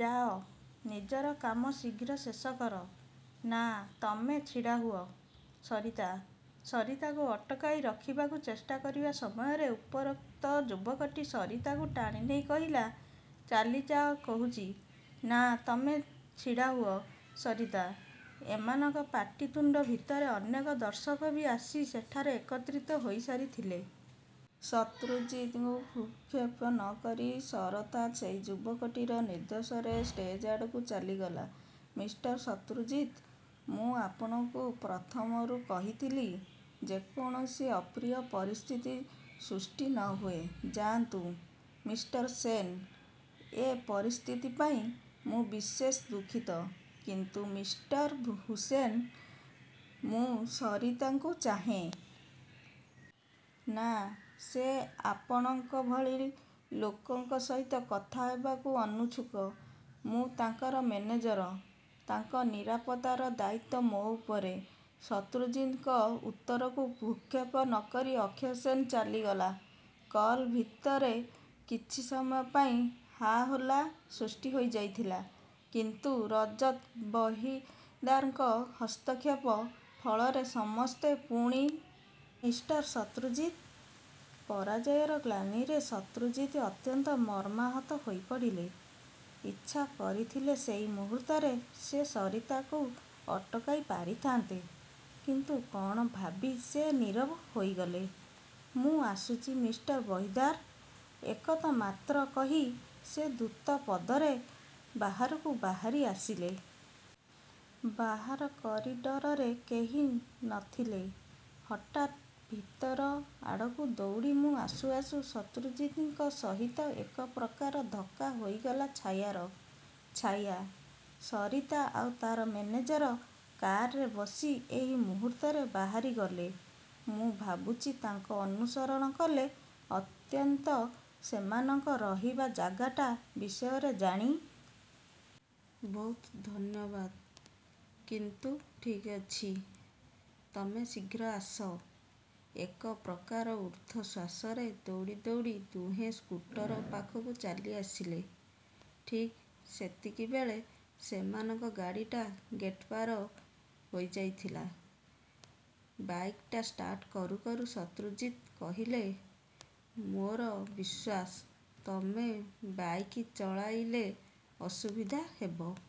ଯାଅ, ନିଜର କାମ ଶୀଘ୍ର ଶେଷ କର। ନା, ତମେ ଛିଡ଼ାହୁଅ, ସରିତା! ସରିତାକୁ ଅଟକାଇ ରଖିବାକୁ ଚେଷ୍ଟା କରିବା ସମୟରେ ଉପରୋକ୍ତ ଯୁବକଟି ସରିତାକୁ ଟାଣିନେଇ କହିଲା,"ଚାଲିଯାଅ କହୁଛି। ନା, ତମେ ଛିଡ଼ାହୁଅ, ସରିତା! ଏମାନଙ୍କ ପାଟିତୁଣ୍ତ ଭିତରେ ଅନେକ ଦର୍ଶକ ବି ଆସି ସେଠାରେ ଏକତ୍ରିତ ହୋଇସାରିଥିଲେ। ଶତ୍ରୁଜିତଙ୍କୁ ଭ୍ରୂକ୍ଷେପ ନ କରି ସରତା ସେଇ ଯୁବକଟିର ନିର୍ଦ୍ଦେଶରେ ଷ୍ଟେଜ୍ଆଡ଼କୁ ଚାଲିଗଲା। ମିଷ୍ଟର ଶତ୍ରୁଜିତ୍! ମୁଁ ଆପଣଙ୍କୁ ପ୍ରଥମରୁ କହିଥିଲି, ଯେମିତି କୌଣସି ଅପ୍ରିୟ ପରିସ୍ଥିତି ସୃଷ୍ଟି ନ ହୁଏ। ଯାଆନ୍ତୁ, ମିଷ୍ଟର ସେନ୍, ଏ ପରିସ୍ଥିତି ପାଇଁ ମୁଁ ବିଶେଷ ଦୁଃଖିତ! କିନ୍ତୁ ମିଷ୍ଟର ହୁସେନ, ମୁଁ ସରିତାକୁ ଚାହେଁ। ନା, ସେ ଆପଣଙ୍କ ଭଳି ଲୋକ ସହିତ କଥା ହେବାକୁ ଅନିଚ୍ଛୁକ। ମୁଁ ତାଙ୍କର ମେନେଜର। ତାଙ୍କ ନିରାପତ୍ତାର ଦାୟିତ୍ୱ ମୋ ଉପରେ। ଶତ୍ରୁଜିତଙ୍କ ଉତ୍ତରକୁ ଭ୍ରୁକ୍ଷେପ ନ କରି ଅକ୍ଷୟ ସେନ୍ ଚାଲିଗଲା। କଲ୍ ଭିତରେ କିଛି ସମୟ ପାଇଁ ହା ହୋଲ୍ଲା ସୃଷ୍ଟିହେଇଯାଇଥିଲା ,କିନ୍ତୁ ରଜତ ବହିଦାରଙ୍କ ହସ୍ତକ୍ଷେପ ଫଳରେ ସମସ୍ତେ ପୁଣି ନିଜ ନିଜ ସ୍ଥାନକୁ ଫେରିଗଲେ। ମିଷ୍ଟର ଶତ୍ରୁଜିତ୍! ପରାଜୟର ଗ୍ଳାନିରେ ଶତ୍ରୁଜିତ୍ଅତ୍ୟନ୍ତ ମର୍ମାହତ ହୋଇପଡ଼ିଲେ। ଇଚ୍ଛା କରିଥିଲେ ସେଇ ମୁହୂର୍ତ୍ତରେ ସେ ସରିତାକୁ ଅଟକାଇ ପାରିଥାଆନ୍ତେ, କିନ୍ତୁ କ'ଣ ଭାବି ସେ ନୀରବ ହୋଇଗଲେ। ମୁଁ ଆସୁଛି ମିଷ୍ଟର ବହିଦାର, ଏତକ ମାତ୍ର କହି ସେ ଦ୍ରୁତ ପଦରେ ବାହାରକୁ ବାହାରି ଆସିଲେ। ବାହାର କରିଡ଼ରରେ କେହି ନ ଥିଲେ, ହଠାତ୍ ଭିତର ଆଡ଼କୁ ଦୌଡ଼ି ମୁଁ ଆସୁ ଆସୁ ଶତ୍ରୁଜିତଙ୍କ ସହିତ ଏକପ୍ରକାର ଧକ୍କା ହୋଇଗଲା ଛାୟାର। ଛାୟା! ସରିତା ଆଉ ତା'ର ମେନେଜର କାରରେ ବସି ଏଇ ମୁହୂର୍ତ୍ତରେ ବାହାରିଗଲେ। ମୁଁ ଭାବୁଛି ତାଙ୍କୁ ଅନୁସରଣ କଲେ ଅନ୍ତତଃ ସେମାନଙ୍କ ରହିବା ଜାଗାଟା ବିଷୟରେ ଜାଣିହେବ। ବହୁତ ଧନ୍ୟବାଦ, କିନ୍ତୁ ଠିକ୍ ଅଛି। ତମେ ଶୀଘ୍ର ଆସ। ଏକପ୍ରକାର ଊର୍ଦ୍ଧ୍ୱଶ୍ୱାସରେ ଦୌଡ଼ି ଦୌଡ଼ି ଦୁହେଁ ସ୍କୁଟର ପାଖକୁ ଚାଲିଆସିଲେ। ଠିକ୍ ସେତିକିବେଳେ ସେମାନଙ୍କ ଗାଡ଼ିଟା ଗେଟ୍ପାର ହୋଇ ଯାଉଥିଲା। ବାଇକ୍ଟା ଷ୍ଟାର୍ଟ କରୁ କରୁ ଶତ୍ରୁଜିତ୍ କହିଲେ,"ମୋର ବିଶ୍ୱାସ, ତମେ ବାଇକ୍ ଚଳାଇଲେ ଅସୁବିଧା ହେବ ନାହିଁ।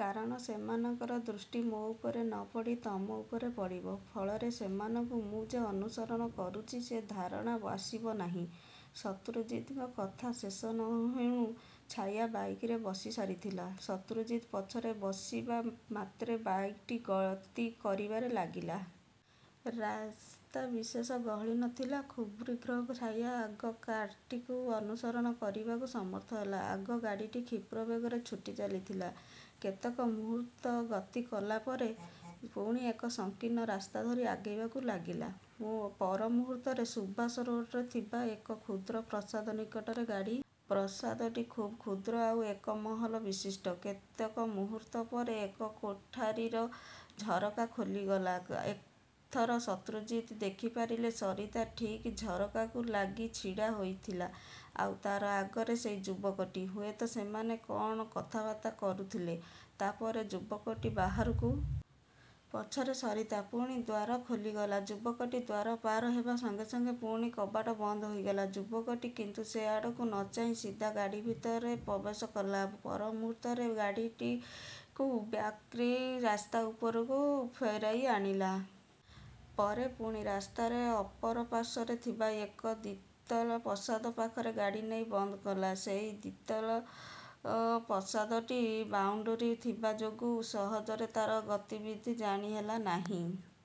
କାରଣ ସେମାନଙ୍କର ଦୃଷ୍ଟି ମୋ ଉପରେ ନ ପଡ଼ି ତମ ଉପରେ ପଡ଼ିବ। ଫଳରେ ସେମାନଙ୍କୁ ମୁଁ ଯେ ଅନୁସରଣ କରୁଛି ସେ ଧାରଣା ଆସିବ ନାହିଁ। ଶତ୍ରୁଜିତଙ୍କ କଥା ଶେଷ ନ ହେଉଣୁ ଛାୟା ବାଇକରେ ବସି ସାରିଥିଲା। ଶତ୍ରୁଜିତ୍ ପଛରେ ବସିପଡ଼ିବା ମାତ୍ରେ, ବାଇକ୍ଟି ଗତି କରିବାରେ ଲାଗିଲା। ରାସ୍ତା ବିଶେଷ ଗହଳି ନ ଥିଲା। ଖୁବ୍ଶୀଘ୍ର ଛାୟା ଆଗ କାର୍ଟିକୁ ଅନୁସରଣ କରିବାକୁ ସମର୍ଥ ହେଲା। ଆଗ ଗାଡ଼ିଟି କ୍ଷିପ୍ର ବେଗରେ ଛୁଟି ଚାଲିଥିଲା। କେତେକ ମୁହୂର୍ତ୍ତ ଗତି କଲାପରେ ପୁଣି ଏକ ସଂକୀର୍ଣ୍ଣ ରାସ୍ତା ଧରି ଆଗେଇବାକୁ ଲାଗିଲା। ପର ମୁହୂର୍ତ୍ତରେ ସୁଭାଷ ରୋଡ଼ରେ ଥିବା ଏକ କ୍ଷୁଦ୍ର ପ୍ରାସାଦ ନିକଟରେ ଗାଡ଼ିଟା ବନ୍ଦ ହେଇଗଲା। ପ୍ରସାଦଟି ଖୁବ୍ କ୍ଷୁଦ୍ର ଆଉ ଏକମହଲା ବିଶିଷ୍ଟ। କେତେକ ମୁହୂର୍ତ୍ତ ପରେ ଏକ କୋଠାରିର ଝରକା ଖୋଲିଗଲା। ଏଥର ଶତ୍ରୁଜିତ୍ ଦେଖିପାରିଲେ ସରିତା ଠିକ୍ ଝରକାକୁ ଲାଗି ଛିଡ଼ା ହୋଇଥିଲା। ଆଉ ତା'ର ଆଗରେ ସେଇ ଯୁବକଟି। ହୁଏତ ସେମାନେ କ'ଣ କଥାବାର୍ତ୍ତା କରୁଥିଲେ। ତା'ପରେ ଯୁବକଟି ବାହାରକୁ ଆସିଲା। ପଛରେ ସରିତା। ପୁଣି ଦ୍ୱାର ଖୋଲିଗଲା। ଯୁବକଟି ଦ୍ୱାର ପାର ହେବା ସଙ୍ଗେ ସଙ୍ଗେ ପୁଣି କବାଟ ବନ୍ଦ ହୋଇଗଲା। ଯୁବକଟି କିନ୍ତୁ ସେ ଆଡ଼କୁ ନ ଚାହିଁ ସିଧା ଗାଡ଼ି ଭିତରେ ପ୍ରବେଶ କଲା। ପର ମୁହୂର୍ତ୍ତରେ ଗାଡ଼ିଟିକୁ ବ୍ୟାକ୍କରି ରାସ୍ତା ଉପରକୁ ଫେରାଇ ଆଣିଲା। ପରେ ପୁଣି ରାସ୍ତାରେ ଅପର ପାର୍ଶ୍ୱରେ ଥିବା ଏକ ଦ୍ୱିତଳ ପ୍ରାସାଦ ପାଖରେ ଗାଡ଼ି ନେଇ ବନ୍ଦ କଲା। ସେଇ ଦ୍ୱିତଳ ପ୍ରାସାଦଟିଏ ବାଉଣ୍ତରୀ ଥିବା ଯୋଗୁ ସହଜରେ ତା'ର ଗତିବିଧି ଜାଣି ହେଲା ନାହିଁ।